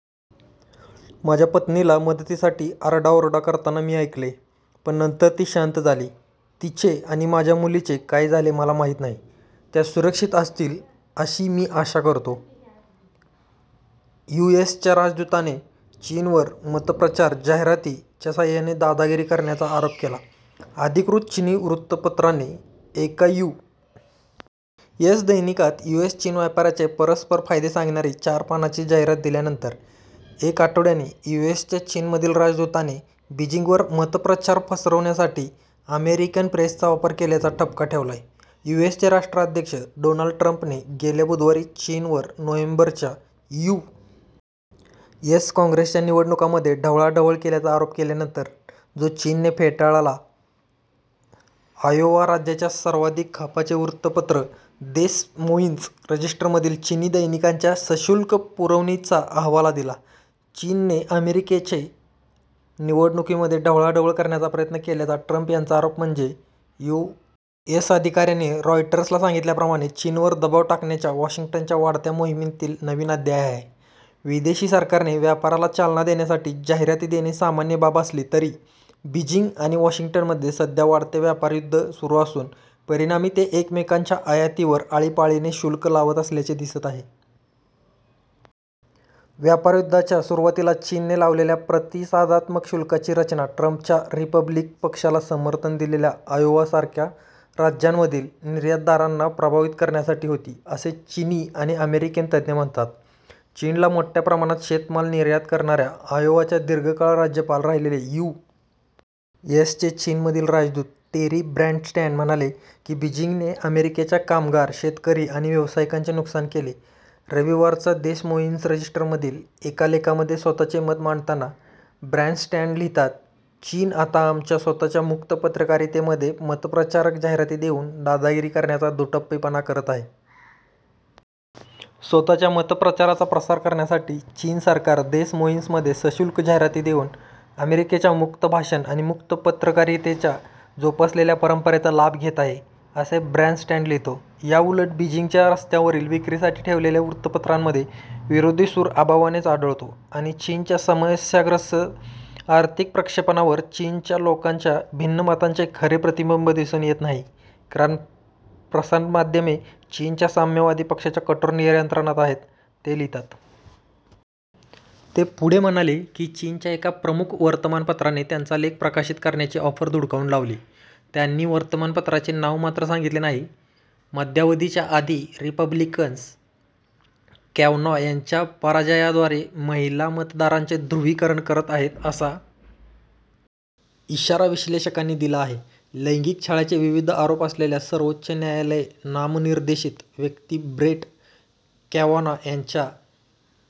"माझ्या पत्नीला मदतीसाठी आरडाओरडा करताना मी ऐकले, पण नंतर ती शांत झाली. तिचे आणि माझ्या मुलीचे काय झाले मला माहीत नाही. त्या सुरक्षित असतील अशी मी आशा करतो. " यू. एस. च्या राजदूताने चीनवर 'मतप्रचार जाहिरातीं'च्या सहाय्याने 'दादागिरी' करण्याचा आरोप केला अधिकृत चीनी वृत्तपत्राने एका यू. एस. दैनिकात यू. एस. -चीन व्यापाराचे परस्परफायदे सांगणारी चार पानाची जाहिरात दिल्यानंतर एक आठवड्याने यू. एस. च्या चीनमधील राजदूताने बीजिंगवर मतप्रचार पसरवण्यासाठी अमेरिकन प्रेसचा वापर केल्याचा ठपका ठेवला. यु. एस. चे राष्ट्राध्यक्ष डोनाल्ड ट्रंपने गेल्या बुधवारी चीनवर नोव्हेंबरच्या यू. एस. काँग्रेसच्या निवडणुकांमध्ये ढवळाढवळ केल्याचा आरोप केल्यानंतर, जो चीनने फेटाळला आयोवा राज्याच्या सर्वाधिक खपाचे वृत्तपत्र देस मोईन्स रजिस्टरमधील चीनी दैनिकाच्या सशुल्क पुरवणीचा हवाला दिला. चीनने अमेरिकेच्या निवडणुकांमध्ये ढवळाढवळ करण्याचा प्रयत्न केल्याचा ट्रंप यांचा आरोप म्हणजे यू. एस. अधिकाऱ्यांनी रॉयटर्सला सांगितल्याप्रमाणे चीनवर दबाव टाकण्याच्या वॉशिंग्टनच्या वाढत्या मोहिमेतील नवीन अध्याय आहे. विदेशी सरकारने व्यापाराला चालना देण्यासाठी जाहिराती देणे सामान्य बाब असली तरी, बीजिंग आणि वॉशिंग्टनमध्ये सध्या वाढते व्यापार युद्ध सुरु असून परिणामी ते एकमेकांच्या आयातीवर आळीपाळीने शुल्क लावत असल्याचे दिसत आहे. व्यापारयुद्धाच्या सुरुवातीला चीनने लावलेल्या प्रतिसादात्मक शुल्काची रचना ट्रंपच्या रिपब्लिकन पक्षाला समर्थन दिलेल्या आयोवासारख्या राज्यांमधील निर्यातदारांना प्रभावित करण्यासाठी होती असे चीनी आणि अमेरिकन तज्ज्ञ म्हणतात. चीनला मोठ्या प्रमाणात शेतमाल निर्यात करणाऱ्या आयोवाचे दीर्घकाळ राज्यपाल राहिलेले, यू. एस. चे चीनमधील राजदूत टेरी ब्रॅनस्टॅड म्हणाले की बीजिंगने अमेरिकेच्या कामगार, शेतकरी आणि व्यवसायांचे नुकसान केले. रविवारच्या देस मोईन्स रजिस्टरमधील एका लेखामध्ये स्वतःचे मत मांडताना ब्रॅनस्टॅड लिहितात, "चीन आता आमच्या स्वतःच्या मुक्त पत्रकारितेमध्ये मतप्रचारक जाहिराती देऊन दादागिरी करण्याचा दुटप्पीपणा करत आहे. " "स्वतःच्या मतप्रचाराचा प्रसार करण्यासाठी चीन सरकार देस मोईन्समध्ये सशुल्क जाहिराती देऊन अमेरिकेच्या मुक्त भाषण आणि मुक्त पत्रकारितेच्या जोपासलेल्या परंपरेचा लाभ घेत आहे," असे ब्रॅनस्टॅड लिहितो. "या उलट, बीजिंगच्या रस्त्यांवरील विक्रीसाठी ठेवलेल्या वृत्तपत्रांमध्ये विरोधी सूर अभावानेच आढळतो आणि चीनच्या समस्याग्रस्त आर्थिक प्रक्षेपणावर चीनच्या लोकांच्या भिन्न मतांचे खरे प्रतिबिंब दिसून येत नाही, कारण प्रसारमाध्यमे चीनच्या साम्यवादी पक्षाच्या कठोर नियंत्रणात आहेत," ते लिहितात. ते पुढे म्हणाले की "चीनच्या एका प्रमुख वर्तमानपत्राने त्यांचा लेख प्रकाशित करण्याची ऑफर धुडकावून लावली," त्यांनी वर्तमापत्राचे नाव मात्र सांगितले नाही. मध्यावधीच्या आधी रिपब्लिकन्स कॅवानॉ यांच्या पराजयाद्वारे महिला मतदारांचे ध्रुवीकरण करत आहेत असा इशारा विश्लेषकांनी दिला आहे लैंगिक छळाचे विविध आरोप असलेल्या सर्वोच्च न्यायालय नामनिर्देशित व्यक्ती ब्रेट कॅवानॉ यांच्या